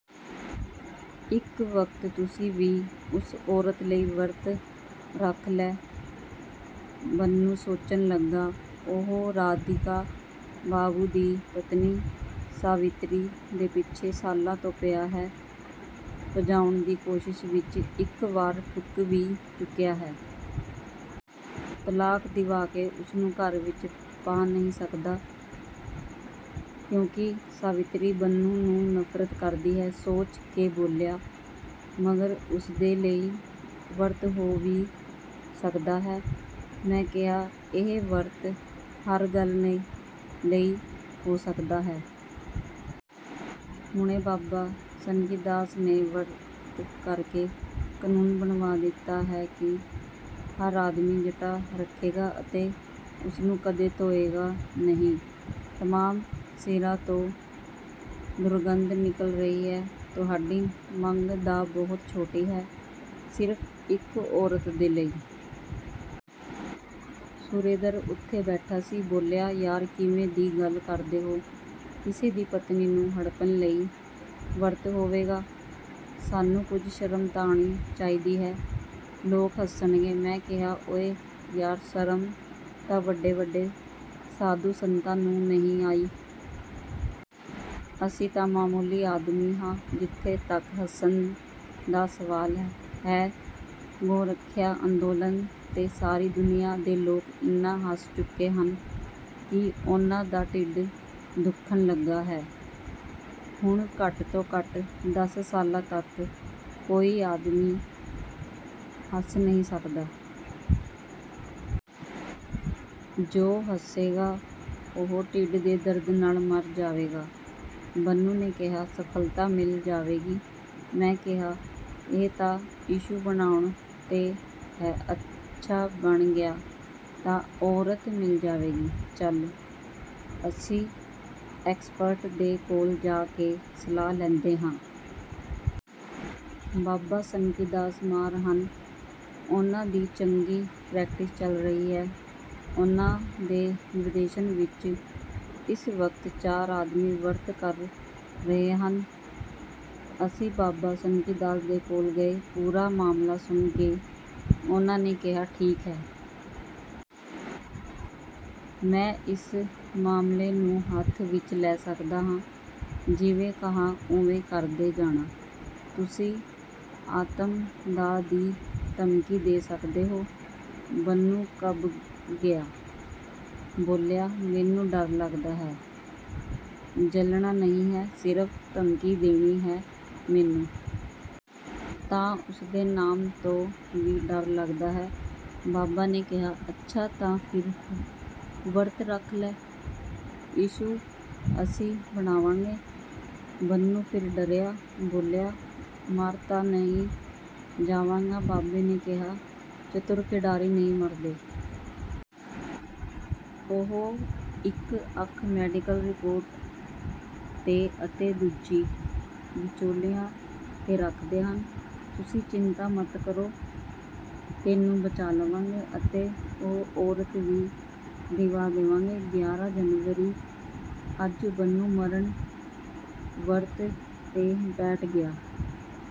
ਇਸ ਵਕਤ ਤੁਸੀਂ ਵੀ ਉਸ ਔਰਤ ਲਈ ਵਰਤ ਰੱਖ ਲੈ।" ਬੰਨੂ ਸੋਚਣ ਲੱਗਾ। ਉਹ ਰਾਧਿਕਾ ਬਾਬੂ ਦੀ ਪਤਨੀ ਸਾਵਿਤਰੀ ਦੇ ਪਿੱਛੇ ਸਾਲਾਂ ਤੋਂ ਪਿਆ ਹੈ। ਭਜਾਉਣ ਦੀ ਕੋਸ਼ਿਸ਼ ਵਿੱਚ ਇੱਕ ਵਾਰ ਠੁੱਕ ਵੀ ਚੁੱਕਿਆ ਹੈ। ਤਲਾਕ ਦਿਵਾ ਕੇ ਉਸਨੂੰ ਘਰ ਵਿੱਚ ਪਾ ਨਹੀਂ ਸਕਦਾ, ਕਿਉਂਕਿ ਸਾਵਿਤਰੀ ਬੰਨੂ ਨੂੰ ਨਫ਼ਰਤ ਕਰਦੀ ਹੈ। ਸੋਚ ਕੇ ਬੋਲਿਆ, "ਮਗਰ ਉਸਦੇ ਲਈ ਵਰਤ ਹੋ ਵੀ ਸਕਦਾ ਹੈ?" ਮੈਂ ਕਿਹਾ, "ਇਹ ਵਰਤ ਹਰ ਗੱਲ ਲਈ ਹੋ ਸਕਦਾ ਹੈ। ਹੁਣੇ ਬਾਬਾ ਸਨਕੀਦਾਸ ਨੇ ਵਰਤ ਕਰਕੇ ਕਨੂੰਨ ਬਣਵਾ ਦਿੱਤਾ ਹੈ ਕਿ ਹਰ ਆਦਮੀ ਜਟਾਂ ਰੱਖੇਗਾ ਅਤੇ ਉਸਨੂੰ ਕਦੇ ਧੋਏਗਾ ਨਹੀਂ। ਤਮਾਮ ਸਿਰਾਂ ਤੋਂ ਦੁਰਗੰਧ ਨਿਕਲ ਰਹੀ ਹੈ। ਤੁਹਾਡੀ ਮੰਗ ਤਾਂ ਬਹੁਤ ਛੋਟੀ ਹੈ, ਸਿਰਫ਼ ਇੱਕ ਔਰਤ ਦੇ ਲਈ।" ਸੁਰੇਂਦਰ ਉੱਥੇ ਬੈਠਾ ਸੀ। ਬੋਲਿਆ, "ਯਾਰ ਕਿਵੇਂ ਦੀ ਗੱਲ ਕਰਦੇ ਹੋ! ਕਿਸੇ ਦੀ ਪਤਨੀ ਨੂੰ ਹੜੱਪਣ ਲਈ ਵਰਤ ਹੋਵੇਗਾ? ਸਾਨੂੰ ਕੁੱਝ ਸ਼ਰਮ ਤਾਂ ਆਉਣੀ ਚਾਹੀਦੀ ਹੈ। ਲੋਕ ਹੱਸਣਗੇ।" ਮੈਂ ਕਿਹਾ, "ਓਏ ਯਾਰ, ਸ਼ਰਮ ਤਾਂ ਵੱਡੇ-ਵੱਡੇ ਸਾਧੂ-ਸੰਤਾਂ ਨੂੰ ਨਹੀਂ ਆਈ। ਅਸੀਂ ਤਾਂ ਮਾਮੂਲੀ ਆਦਮੀ ਹਾਂ। ਜਿੱਥੇ ਤੱਕ ਹੱਸਣ ਦਾ ਸਵਾਲ ਹੈ, ਗੋ-ਰੱਖਿਆ ਅੰਦੋਲਨ 'ਤੇ ਸਾਰੀ ਦੁਨੀਆਂ ਦੇ ਲੋਕ ਇੰਨਾ ਹੱਸ ਚੁੱਕੇ ਹਨ ਕਿ ਉਨ੍ਹਾਂ ਦਾ ਢਿੱਡ ਦੁੱਖਣ ਲੱਗਾ ਹੈ। ਹੁਣ ਘੱਟ-ਤੋਂ-ਘੱਟ ਦਸ ਸਾਲਾਂ ਤੱਕ ਕੋਈ ਆਦਮੀ ਹੱਸ ਨਹੀਂ ਸਕਦਾ। ਜੋ ਹੱਸੇਗਾ ਉਹ ਢਿੱਡ ਦੇ ਦਰਦ ਨਾਲ਼ ਮਰ ਜਾਵੇਗਾ।" ਬੰਨੂ ਨੇ ਕਿਹਾ, "ਸਫ਼ਲਤਾ ਮਿਲ ਜਾਵੇਗੀ?" ਮੈਂ ਕਿਹਾ, "ਇਹ ਤਾਂ ਇਸ਼ੂ ਬਣਾਉਣ 'ਤੇ ਹੈ। ਅੱਛਾ ਬਣ ਗਿਆ ਤਾਂ ਔਰਤ ਮਿਲ ਜਾਵੇਗੀ। ਚੱਲ, ਅਸੀਂ ਐਕਸਪਰਟ ਦੇ ਕੋਲ ਜਾ ਕੇ ਸਲਾਹ ਲੈਂਦੇ ਹਾਂ। ਬਾਬਾ ਸਨਕੀਦਾਸ ਮਾਹਰ ਹਨ। ਉਨ੍ਹਾਂ ਦੀ ਚੰਗੀ ਪ੍ਰੈਕਟਿਸ ਚੱਲ ਰਹੀ ਹੈ। ਉਨ੍ਹਾਂ ਦੇ ਨਿਰਦੇਸ਼ਨ ਵਿੱਚ ਇਸ ਵਕਤ ਚਾਰ ਆਦਮੀ ਵਰਤ ਕਰ ਰਹੇ ਹਨ।" ਅਸੀਂ ਬਾਬਾ ਸਨਕੀਦਾਸ ਦੇ ਕੋਲ ਗਏ। ਪੂਰਾ ਮਾਮਲਾ ਸੁਣ ਕੇ ਉਨ੍ਹਾਂ ਨੇ ਕਿਹਾ, "ਠੀਕ ਹੈ। ਮੈਂ ਇਸ ਮਾਮਲੇ ਨੂੰ ਹੱਥ ਵਿੱਚ ਲੈ ਸਕਦਾ ਹਾਂ। ਜਿਵੇਂ ਕਹਾਂ ਉਵੇਂ ਕਰਦੇ ਜਾਣਾ। ਤੁਸੀਂ ਆਤਮਦਾਹ ਦੀ ਧਮਕੀ ਦੇ ਸਕਦੇ ਹੋ?" ਬੰਨੂ ਕੰਬ ਗਿਆ। ਬੋਲਿਆ, "ਮੈਨੂੰ ਡਰ ਲੱਗਦਾ ਹੈ।" "ਜਲਣਾ ਨਹੀਂ ਹੈ। ਸਿਰਫ਼ ਧਮਕੀ ਦੇਣੀ ਹੈ।"ਮੈਨੂੰ ਤਾਂ ਉਸਦੇ ਨਾਮ ਤੋਂ ਵੀ ਡਰ ਲੱਗਦਾ ਹੈ।" ਬਾਬਾ ਨੇ ਕਿਹਾ, "ਅੱਛਾ ਤਾਂ ਫਿਰ ਵਰਤ ਰੱਖ ਲੈ। ਇਸ਼ੂ ਅਸੀਂ ਬਣਾਵਾਂਗੇ।" ਬੰਨੂ ਫਿਰ ਡਰਿਆ। ਬੋਲਿਆ, "ਮਰ ਤਾਂ ਨਹੀਂ ਜਾਵਾਂਗਾ।" ਬਾਬੇ ਨੇ ਕਿਹਾ, "ਚਤੁਰ ਖਿਡਾਰੀ ਨਹੀਂ ਮਰਦੇ। ਉਹ ਇੱਕ ਅੱਖ ਮੈਡੀਕਲ ਰਿਪੋਰਟ 'ਤੇ ਅਤੇ ਦੂਜੀ ਵਿਚੋਲਿਆਂ 'ਤੇ ਰੱਖਦੇ ਹਨ। ਤੁਸੀਂ ਚਿੰਤਾ ਮਤ ਕਰੋ। ਤੈਨੂੰ ਬਚਾ ਲਵਾਂਗੇ ਅਤੇ ਉਹ ਔਰਤ ਵੀ ਦਿਵਾ ਦੇਵਾਂਗੇ।" ਗਿਆਰਾ ਜਨਵਰੀ ਅੱਜ ਬੰਨੂ ਮਰਨ ਵਰਤ 'ਤੇ ਬੈਠ ਗਿਆ।